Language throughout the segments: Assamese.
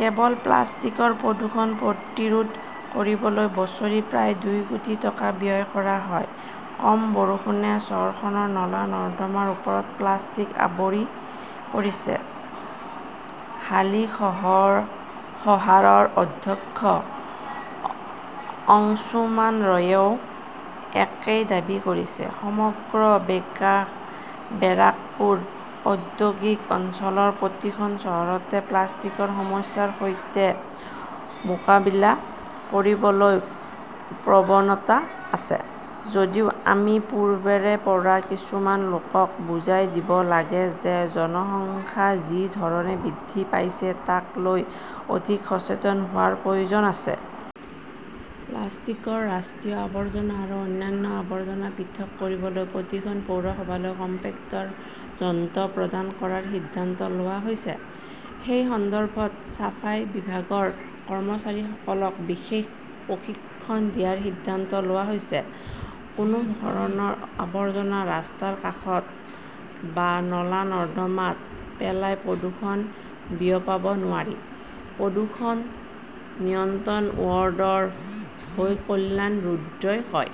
কেৱল প্লাষ্টিকৰ প্ৰদূষণ প্ৰতিৰোধ কৰিবলৈ বছৰি প্ৰায় দুই কোটি টকা ব্যয় কৰা হয়। কম বৰষুণে চহৰখনৰ নলা-নৰ্দমাৰ ওপৰত প্লাষ্টিক আৱৰি পৰিছে। হালিশহাৰৰ অধ্যক্ষ অংশুমান ৰয়েও একেই দাবী কৰিছে। সমগ্ৰ বেৰাকপুৰ ঔদ্যোগিক অঞ্চলৰ প্ৰতিখন চহৰতে প্লাষ্টিকৰ সমস্যাৰ সৈতে মোকাবিলা কৰিবলৈ প্ৰৱণতা আছে যদিও আমি পূৰ্বৰে পৰা কিছুমান লোকক বুজাই দিব লাগে যে, জনসংখ্যা যি ধৰণে বৃদ্ধি পাইছে তাক লৈ অধিক সচেতন হোৱাৰ প্ৰয়োজন আছে। প্লাষ্টিকৰ ৰাষ্ট্ৰীয় আৱৰ্জনা আৰু অন্যান্য আৱৰ্জনা পৃথক কৰিবলৈ প্ৰতিখন পৌৰসভালৈ কম্পেক্টৰ যন্ত্ৰ প্ৰদান কৰাৰ সিদ্ধান্ত লোৱা হৈছে। সেই সন্দৰ্ভত ছাফাই বিভাগৰ কৰ্মচাৰীসকলক বিশেষ প্ৰশিক্ষণ দিয়াৰ সিদ্ধান্ত লোৱা হৈছে। কোনো ধৰণৰ আৱৰ্জনা ৰাস্তাৰ কাষত বা নলা-নৰ্দমাত পেলাই প্ৰদূষণ বিয়পাব নোৱাৰি, প্ৰদূষণ নিয়ন্ত্ৰণ বৰ্ডৰ হৈ কল্যাণ ৰুদ্ৰই কয়।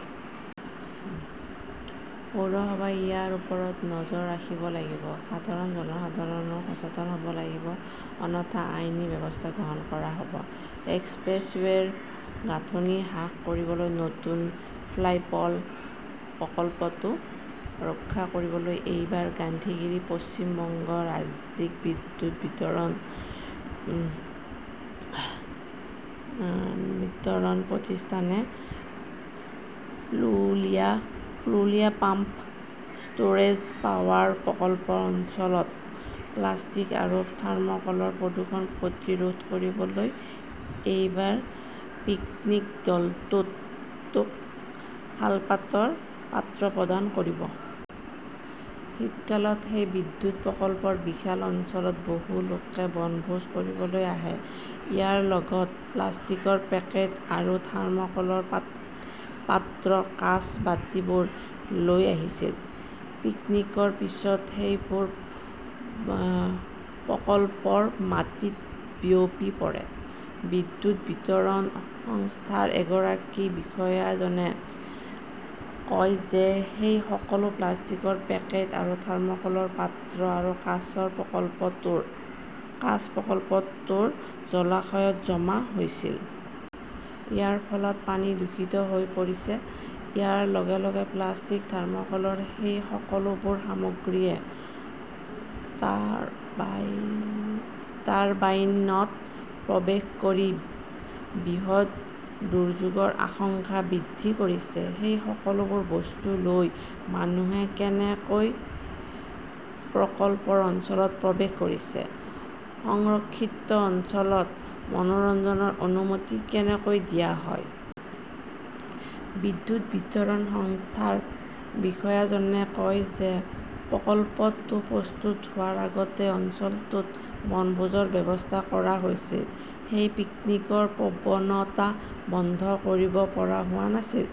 পৌৰসভাই ইয়াৰ ওপৰত নজৰ ৰাখিব লাগিব। সাধাৰণ জনসাধাৰণো সচেতন হব লাগিব। অন্যথা আইনী ব্যৱস্থা গ্ৰহণ কৰা হব। এক্সপ্ৰেছৱে 'ৰ গাঁথনি হ্ৰাস কৰিবলৈ নতুন ফ্লাইপ' ল প্ৰকল্পটো ৰক্ষা কৰিবলৈ এইবাৰ গান্ধীগিৰি পশ্চিম বংগ ৰাজ্যিক বিদ্যুৎ বিতৰণ প্ৰতিষ্ঠানে প্ৰুলিয়া পাম্প ষ্টোৰেজ পাৱাৰ প্ৰকল্প অঞ্চলত প্লাষ্টিক আৰু থাৰ্ম কলৰ প্ৰদূষণ প্ৰতিৰোধ কৰিবলৈ এইবাৰ পিকনিক দলটোক শালপাতৰ পাত্ৰ প্ৰদান কৰিব। শীতকালত সেই বিদ্যুৎ প্ৰকল্পৰ বিশাল অঞ্চলত বহু লোকে বনভোজ কৰিবলৈ আহে। ইয়াৰ লগত প্লাষ্টিকৰ পেকেট আৰু থাৰ্ম কলৰ পাত্ৰ-কাঁচ, বাটিবোৰ লৈ আহিছিল। পিকনিকৰ পিছত সেইবোৰ প্ৰকল্পৰ মাটিত বিয়পি পৰে। বিদ্যুৎ বিতৰণ সংস্থাৰ এগৰাকী বিষয়াজনে কয় যে সেই সকলো প্লাষ্টিকৰ পেকেট আৰু থাৰ্ম কলৰ পাত্ৰ আৰু কাঁচ প্ৰকল্পটোৰ জলাশয়ত জমা হৈছিল। ইয়াৰ ফলত পানী দূষিত হৈ পৰিছে। ইয়াৰ লগে লগে প্লাষ্টিক থাৰ্মকলৰ সেই সকলোবোৰ সামগ্ৰীয়ে টাৰ্বাইনত প্ৰৱেশ কৰি বৃহৎ দুৰ্যোগৰ আশংকা বৃদ্ধি কৰিছে। সেই সকলোবোৰ বস্তু লৈ মানুহে কেনেকৈ প্ৰকল্পৰ অঞ্চলত প্ৰৱেশ কৰিছে? সংৰক্ষিত অঞ্চলত মনোৰঞ্জনৰ অনুমতি কেনেকৈ দিয়া হয়? বিদ্যুৎ বিতৰণ সংস্থাৰ বিষয়াজনে কয় যে, প্ৰকল্পটো প্ৰস্তুত হোৱাৰ আগতেই অঞ্চলটোত বনভোজৰ ব্যৱস্থা কৰা হৈছিল। সেই পিকনিকৰ প্ৰৱণতা বন্ধ কৰিব পৰা হোৱা নাছিল।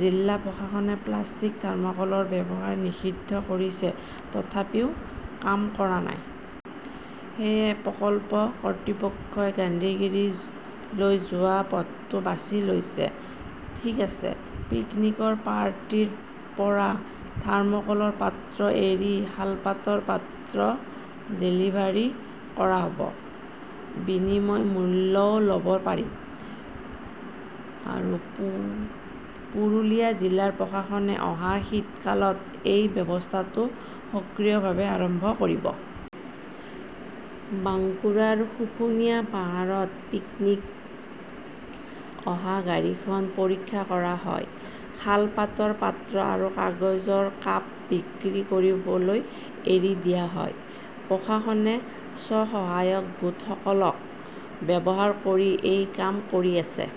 জিলা প্ৰশাসনে প্লাষ্টিক, থাৰ্মকলৰ ব্যৱহাৰ নিষিদ্ধ কৰিছে। তথাপিও কাম কৰা নাই। সেয়েহে প্ৰকল্প কৰ্তৃপক্ষই গান্ধীগিৰীলৈ যোৱা পথটো বাছি লৈছে। ঠিক আছে, পিকনিক পাৰ্টিৰ পৰা থাৰ্মোকলৰ পাত্ৰ এৰি শালপাতৰ পাত্ৰ ডেলিভাৰী কৰা হ 'ব। বিনিময় মূল্যও লব পাৰি। পুৰুলিয়া জিলা প্ৰশাসনে অহা শীতকালত এই ব্যৱস্থাটো সক্ৰিয়ভাৱে আৰম্ভ কৰিব। বাঙ্কুৰাৰ শুশুনিয়া পাহাৰত পিকনীক অহা গাড়ীখন পৰীক্ষা কৰা হয়। শালপাতৰ পাত্ৰ আৰু কাগজৰ কাপ বিক্ৰী কৰিবলৈ এৰি দিয়া হয়। প্ৰশাসনে স্ব-সহায়ক গোটসমূহক ব্যৱহাৰ কৰি এই কাম কৰি আছে।